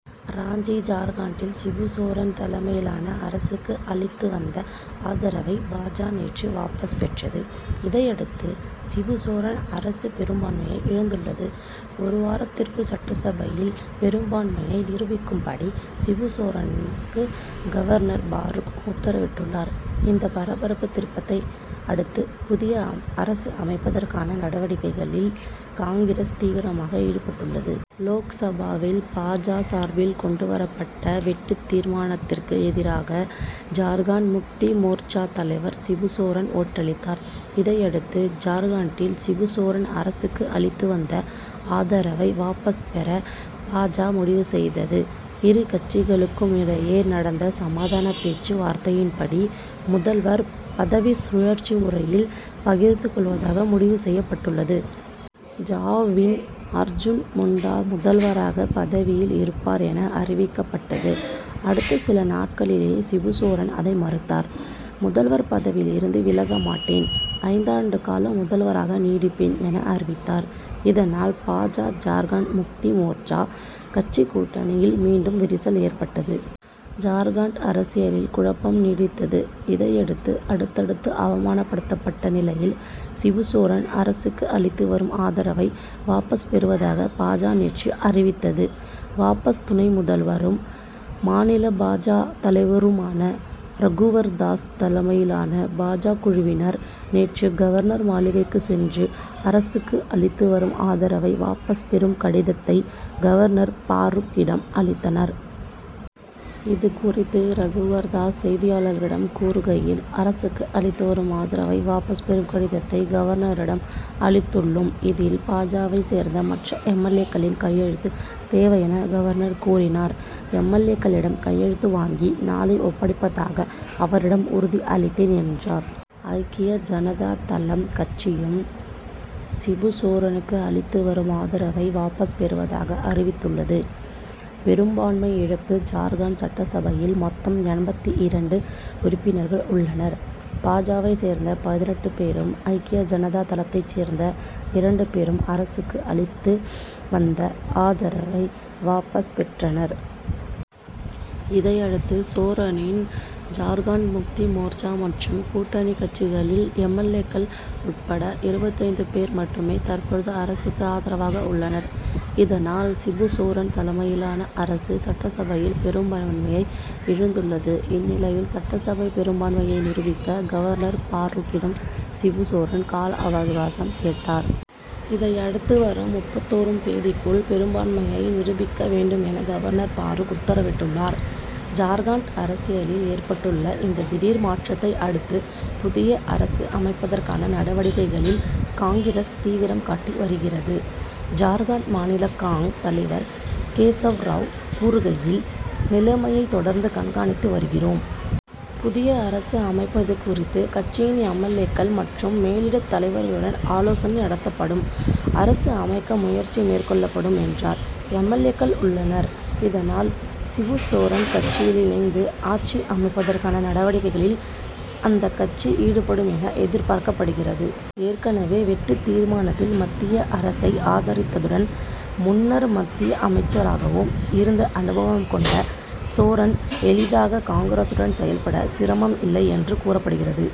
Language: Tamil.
ராஞ்சி ஜார்க்கண்டில் சிபு சோரன் தலைமையிலான அரசுக்கு அளித்து வந்த ஆதரவை, பா. ஜ. நேற்று வாபஸ் பெற்றது. இதையடுத்து, சிபு சோரன் அரசு பெரும் பான்மையை இழந்துள்ளது. ஒரு வாரத்துக்குள் சட்டசபையில் பெரும்பான்மையை நிரூபிக்கும்படி சிபு சோரனுக்கு, கவர்னர் பரூக் உத்தரவிட்டுள்ளார். இந்த பரபரப்பு திருப்பத்தை அடுத்து, புதிய அரசு அமைப்பதற்கான நடவடிக்கைகளில் காங்கிரஸ் தீவிரமாக ஈடுபட்டுள்ளது. லோக்சபாவில் பா. ஜ. சார்பில் கொண்டு வரப்பட்ட வெட்டுத் தீர்மானத்துக்கு எதிராக ஜார்க்கண்ட் முக்தி மோர்ச்சா தலைவர் சிபு சோரன் ஓட்டளித்தார். இதையடுத்து, ஜார்க் கண்ட்டில் சிபு சோரன் அரசுக்கு அளித்து வந்த ஆதரவை வாபஸ் பெற, பா. ஜ. முடிவு செய்தது. இரு கட்சிகளுக்கும் இடையே நடந்த சமாதான பேச்சு வார்த்தையின்படி, முதல்வர் பதவியை சுழற்சி முறையில் பகிர்ந்து கொள்வதாக முடிவு செய்யப்பட்டது. ஜ.வின் அர்ஜுன் முண்டா முதல்வராக பதவியில் இருப்பார் என அறிவிக்கப் பட்டது. அடுத்த சில நாட்களிலேயே சிபு சோரன் இதை மறுத்தார். முதல்வர் பதவியில் இருந்து விலக மாட்டேன் ஐந்தாண்டு காலம் முதல்வராக நீடிப்பேன் என, அறிவித்தார். இதனால், பா. ஜ., ஜார்க்கண்ட் முக்தி மோர்ச்சா கட்சி கூட்டணியில் மீண்டும் விரிசல் ஏற்பட்டது. ஜார்க்கண்ட் அரசியலில் குழப்பம் நீடித்தது. இதையடுத்து, அடுத்தடுத்து அவமானப்படுத்தப்பட்ட நிலையில், சிபு சோரன் அரசுக்கு அளித்து வரும் ஆதரவை வாபஸ் பெறுவதாக பா. ஜ., நேற்று அறிவித்தது. வாபஸ் துணை முதல்வரும், மாநில பா. ஜ. தலைவருமான ரகுவர் தாஸ் தலைமையிலான பா. ஜ. குழுவினர், நேற்று கவர்னர் மாளிகைக்கு சென்று, அரசுக்கு அளித்து வரும் ஆதரவை வாபஸ் பெறும் கடிதத்தை, கவர்னர் பரூக்கிடம் அளித்தனர். இதுகுறித்து ரகுவர் தாஸ் செய்தியாளர்களிடம் கூறுகையில், அரசுக்கு அளித்து வரும் ஆதரவை வாபஸ் பெறும் கடிதத்தை கவர்னரிடம் அளித்துள் ளோம். இதில், பா. ஜ.வைச் சேர்ந்த மற்ற எம். எல். ஏ.,க்களின் கையெழுத்து தேவை என, கவர்னர் கூறினார். எம். எல். ஏ.க்களிடம் கையெழுத்து வாங்கி, நாளை ஒப்படைப்பதாக அவரிடம் உறுதி அளித்தேன் என்றார். ஐக்கிய ஜனதா தளம் கட்சியும், சிபு சோரனுக்கு அளித்து வரும் ஆதரவை வாபஸ் பெறுவதாக அறிவித்துள்ளது. பெரும்பான்மை இழப்பு ஜார்க்கண்ட் சட்டசபையில் மொத்தம் எண்பத்திரண்டு உறுப்பினர்கள் உள்ளனர். பா. ஜ.வைச் சேர்ந்த பதினெட்டு பேரும், ஐக்கிய ஜனதா தளத்தைச் சேர்ந்த இரண்டு பேரும், அரசுக்கு அளித்து வந்த ஆதரவை வாபஸ் பெற்றுள்ளனர். இதையடுத்து, சோரனின் ஜார்க்கண்ட் முக்தி மோர்ச்சா மற்றும் கூட்டணி கட்சிகளின் எம். எல். ஏ.,க்கள் உட்பட இருபத்தைந்து பேர் மட்டுமே தற்போது அரசுக்கு ஆதரவாக உள்ளனர். இதனால் சிபு சோரன் தலைமையிலான அரசு, சட்டசபையில் பெரும்பான்மையை இழந்துள்ளது. இந்நிலையில், சட்டசபையில் பெரும்பான்மையை நிரூபிக்க கவர்னர் பரூக்கிடம், சிபு சோரன் கால அவகாசம் கேட்டார். இதையடுத்து, வரும் முப்பத்தொன்றும் தேதிக்குள் பெரும்பான்மையை நிரூபிக்க வேண்டும் என, கவர்னர் பரூக் உத்தரவிட்டுள்ளார். ஜார்க்கண்ட் அரசியலில் ஏற்பட்டுள்ள இந்த திடீர் மாற்றத்தை அடுத்து, புதிய அரசு அமைப்பதற்கான நடவடிக்கைகளில் காங்கிரஸ் தீவிரம் காட்டி வருகிறது. ஜார்க்கண்ட் மாநில காங். தலைவர் கேசவ் ராவ் கூறுகையில், நிலைமையை தொடர்ந்து கண்காணித்து வருகிறோம். புதிய அரசு அமைப்பது குறித்து கட்சியின் எம். எல். ஏ.,க்கள் மற்றும் மேலிடத் தலைவர்களுடன் ஆலோசனை நடத்தப்படும். அரசு அமைக்க முயற்சி மேற்கொள்ளப்படும்' என்றார். எல். ஏ.க்கள் உள்ளனர். இதனால் சிபு சோரன் கட்சியினருடன் இணைந்து ஆட்சி அமைப்பதற்கான நடவடிக்கையில் அந்த கட்சி ஈடுபடும் என, எதிர்பார்க்கப்படுகிறது. ஏற்கனவே வெட்டுத் தீர்மானத்தில் மத்திய அரசை ஆதரித்ததுடன், முன்னர் மத்திய அமைச்சராகவும் இருந்த அனுபவம் கொண்ட சோரன் எளிதாக காங்கிரசுடன் செயல்பட சிரமம் இல்லை என்று கூறப்பட்டது.